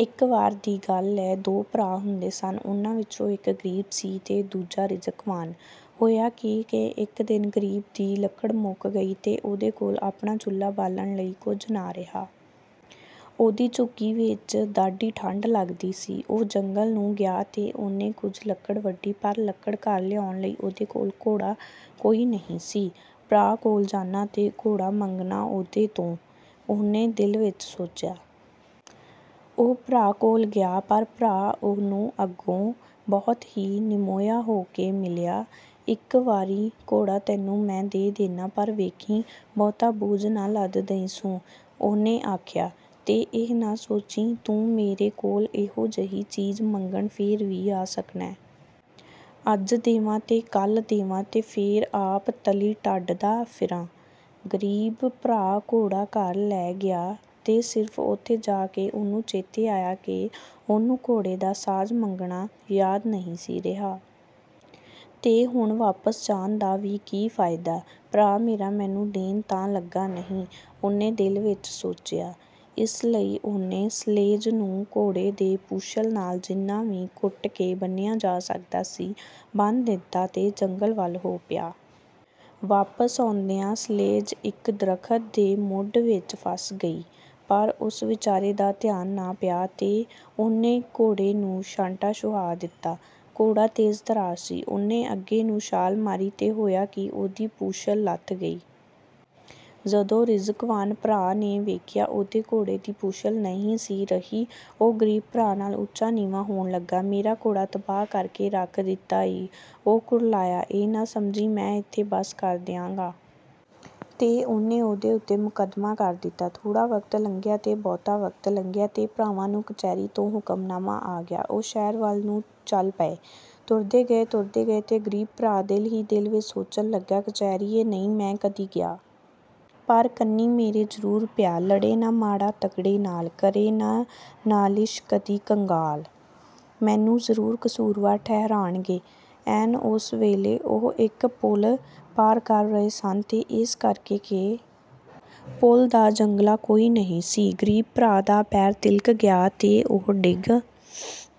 ਇੱਕ ਵਾਰੀ ਦੀ ਗੱਲ ਏ, ਦੋ ਭਰਾ ਹੁੰਦੇ ਸਨ। ਉਹਨਾਂ ਵਿਚੋਂ ਇੱਕ ਗ਼ਰੀਬ ਸੀ ਤੇ ਦੂਜਾ ਰਿਜ਼ਕਵਾਨ। ਹੋਇਆ ਕੀ ਕਿ ਇੱਕ ਦਿਨ ਗ਼ਰੀਬ ਦੀ ਲੱਕੜ ਮੁੱਕ ਗਈ, ਤੇ ਉਹਦੇ ਕੋਲ ਆਪਣਾ ਚੁਲ੍ਹਾ ਬਾਲਣ ਲਈ ਕੁਝ ਨਾ ਰਿਹਾ। ਉਹਦੀ ਝੁੱਗੀ ਵਿੱਚ ਡਾਢੀ ਠੰਢ ਲੱਗਦੀ ਸੀ। ਉਹ ਜੰਗਲ ਨੂੰ ਗਿਆ ਤੇ ਉਹਨੇ ਕੁਝ ਲੱਕੜ ਵੱਢੀ, ਪਰ ਲੱਕੜ ਘਰ ਲਿਆਉਣ ਲਈ ਉਹਦੇ ਕੋਲ ਘੋੜਾ ਕੋਈ ਨਹੀਂ ਸੀ। "ਭਰਾ ਕੋਲ ਜਾਨਾਂ ਤੇ ਘੋੜਾ ਮੰਗਨਾਂ ਉਹਦੇ ਤੋਂ," ਉਹਨੇ ਦਿਲ ਵਿੱਚ ਸੋਚਿਆ। ਉਹ ਭਰਾ ਕੋਲ ਗਿਆ, ਪਰ ਭਰਾ ਉਹਨੂੰ ਅੱਗੋਂ ਬਹੁਤ ਹੀ ਨਿਮੋਹਿਆ ਹੋ ਕੇ ਮਿਲਿਆ। "ਇਕ ਵਾਰੀ ਘੋੜਾ ਤੈਨੂੰ ਮੈਂ ਦੇ ਦੇਨਾਂ, ਪਰ ਵੇਖੀਂ, ਬਹੁਤਾ ਬੋਝ ਨਾ ਲੱਦ ਦਈਂ ਸੂ," ਉਹਨੇ ਆਖਿਆ। "ਤੇ ਇਹ ਨਾ ਸੋਚੀਂ, ਤੂੰ ਮੇਰੇ ਕੋਲ ਇਹੋ ਜਿਹੀ ਚੀਜ਼ ਮੰਗਣ ਫੇਰ ਵੀ ਆ ਸਕਣੈ। ਅੱਜ ਦੇਵਾਂ, ਤੇ ਕੱਲ੍ਹ ਦੇਵਾਂ, ਤੇ ਫੇਰ ਆਪ ਤਲੀ ਟੱਡਦਾ ਫਿਰਾਂ।" ਗ਼ਰੀਬ ਭਰਾ ਘੋੜਾ ਘਰ ਲੈ ਗਿਆ, ਤੇ ਸਿਰਫ਼ ਓਥੇ ਜਾ ਕੇ ਉਹਨੂੰ ਚੇਤੇ ਆਇਆ ਕਿ ਉਹਨੂੰ ਘੋੜੇ ਦਾ ਸਾਜ਼ ਮੰਗਣਾ ਯਾਦ ਨਹੀਂ ਸੀ ਰਿਹਾ। "ਤੇ ਹੁਣ ਵਾਪਸ ਜਾਣ ਦਾ ਵੀ ਕੀ ਫ਼ਾਇਦੈ, ਭਰਾ ਮੇਰਾ ਮੈਨੂੰ ਦੇਣ ਤਾਂ ਲੱਗਾ ਨਹੀਂ," ਉਹਨੇ ਦਿਲ ਵਿੱਚ ਸੋਚਿਆ। ਇਸ ਲਈ ਉਹਨੇ ਸਲੇਜ ਨੂੰ ਘੋੜੇ ਦੇ ਪੂਛਲ ਨਾਲ ਜਿੰਨਾ ਵੀ ਘੁੱਟ ਕੇ ਬੰਨ੍ਹਿਆ ਜਾ ਸਕਦਾ ਸੀ, ਬੰਨ੍ਹ ਦਿੱਤਾ, ਤੇ ਜੰਗਲ ਵੱਲ ਹੋ ਪਿਆ। ਵਾਪਸ ਆਉਂਦਿਆਂ ਸਲੇਜ ਇੱਕ ਦਰੱਖ਼ਤ ਦੇ ਮੁੱਢ ਵਿੱਚ ਫਸ ਗਈ, ਪਰ ਉਸ ਵਿਚਾਰੇ ਦਾ ਧਿਆਨ ਨਾ ਪਿਆ, ਤੇ ਉਹਨੇ ਘੋੜੇ ਨੂੰ ਛਾਂਟਾ ਛੁਹਾ ਦਿੱਤਾ। ਘੋੜਾ ਤੇਜ਼-ਤਰਾਰ ਸੀ; ਉਹਨੇ ਅੱਗੇ ਨੂੰ ਛਾਲ ਮਾਰੀ ਤੇ ਹੋਇਆ ਕੀ, ਉਹਦੀ ਪੂਛਲ ਲੱਥ ਗਈ। ਜਦੋਂ ਰਿਜ਼ਕਵਾਨ ਭਰਾ ਨੇ ਵੇਖਿਆ, ਉਹਦੇ ਘੋੜੇ ਦੀ ਪੂਛਲ ਨਹੀਂ ਸੀ ਰਹੀ, ਉਹ ਗ਼ਰੀਬ ਭਰਾ ਨਾਲ ਉੱਚਾ-ਨੀਵਾਂ ਹੋਣ ਲੱਗਾ। "ਮੇਰਾ ਘੋੜਾ ਤਬਾਹ ਕਰ ਕੇ ਰੱਖ ਦਿੱਤਾ ਈ!" ਉਹ ਕੁਰਲਾਇਆ। "ਇਹ ਨਾ ਸਮਝੀਂ, ਮੈਂ ਏਥੇ ਬੱਸ ਕਰ ਦਿਆਂਗਾ!" ਤੇ ਉਹਨੇ ਉਹਦੇ ਉਤੇ ਮੁਕੱਦਮਾ ਕਰ ਦਿੱਤਾ। ਥੋੜ੍ਹਾ ਵਕਤ ਲੰਘਿਆ ਤੇ ਬਹੁਤਾ ਵਕਤ ਲੰਘਿਆ, ਤੇ ਭਰਾਵਾਂ ਨੂੰ ਕਚਹਿਰੀ ਤੋਂ ਹੁਕਮਨਾਮਾ ਆ ਗਿਆ। ਉਹ ਸ਼ਹਿਰ ਵੱਲ ਨੂੰ ਚਲ ਪਏ, ਤੁਰਦੇ ਗਏ ਤੇ ਤੁਰਦੇ ਗਏ, ਤੇ ਗ਼ਰੀਬ ਭਰਾ ਦਿਲ ਹੀ ਦਿਲ ਵਿੱਚ ਸੋਚਣ ਲੱਗਾ, "ਕਚਹਿਰੀਏ ਨਹੀਂ ਮੈਂ ਕਦੀ ਗਿਆ। ਪਰ ਕੰਨੀਂ ਮੇਰੇ ਜ਼ਰੂਰ ਪਿਆ। ਲੜੇ ਨਾ ਮਾੜਾ ਤਗੜੇ ਨਾਲ। ਕਰੇ ਨਾ ਨਾਲਿਸ਼ ਕਦੀ ਕੰਗਾਲ। ਮੈਨੂੰ ਜ਼ਰੂਰ ਕਸੂਰਵਾਰ ਠਹਿਰਾਣਗੇ।" ਐਨ ਉਸ ਵੇਲੇ ਉਹ ਇੱਕ ਪੁਲ ਪਾਰ ਕਰ ਰਹੇ ਸਨ, ਤੇ ਏਸ ਕਰਕੇ ਕਿ ਪੁਲ ਦਾ ਜੰਗਲਾ ਕੋਈ ਨਹੀਂ ਸੀ, ਗ਼ਰੀਬ ਭਰਾ ਦਾ ਪੈਰ ਤਿਲਕ ਗਿਆ ਤੇ ਉਹ ਡਿਗ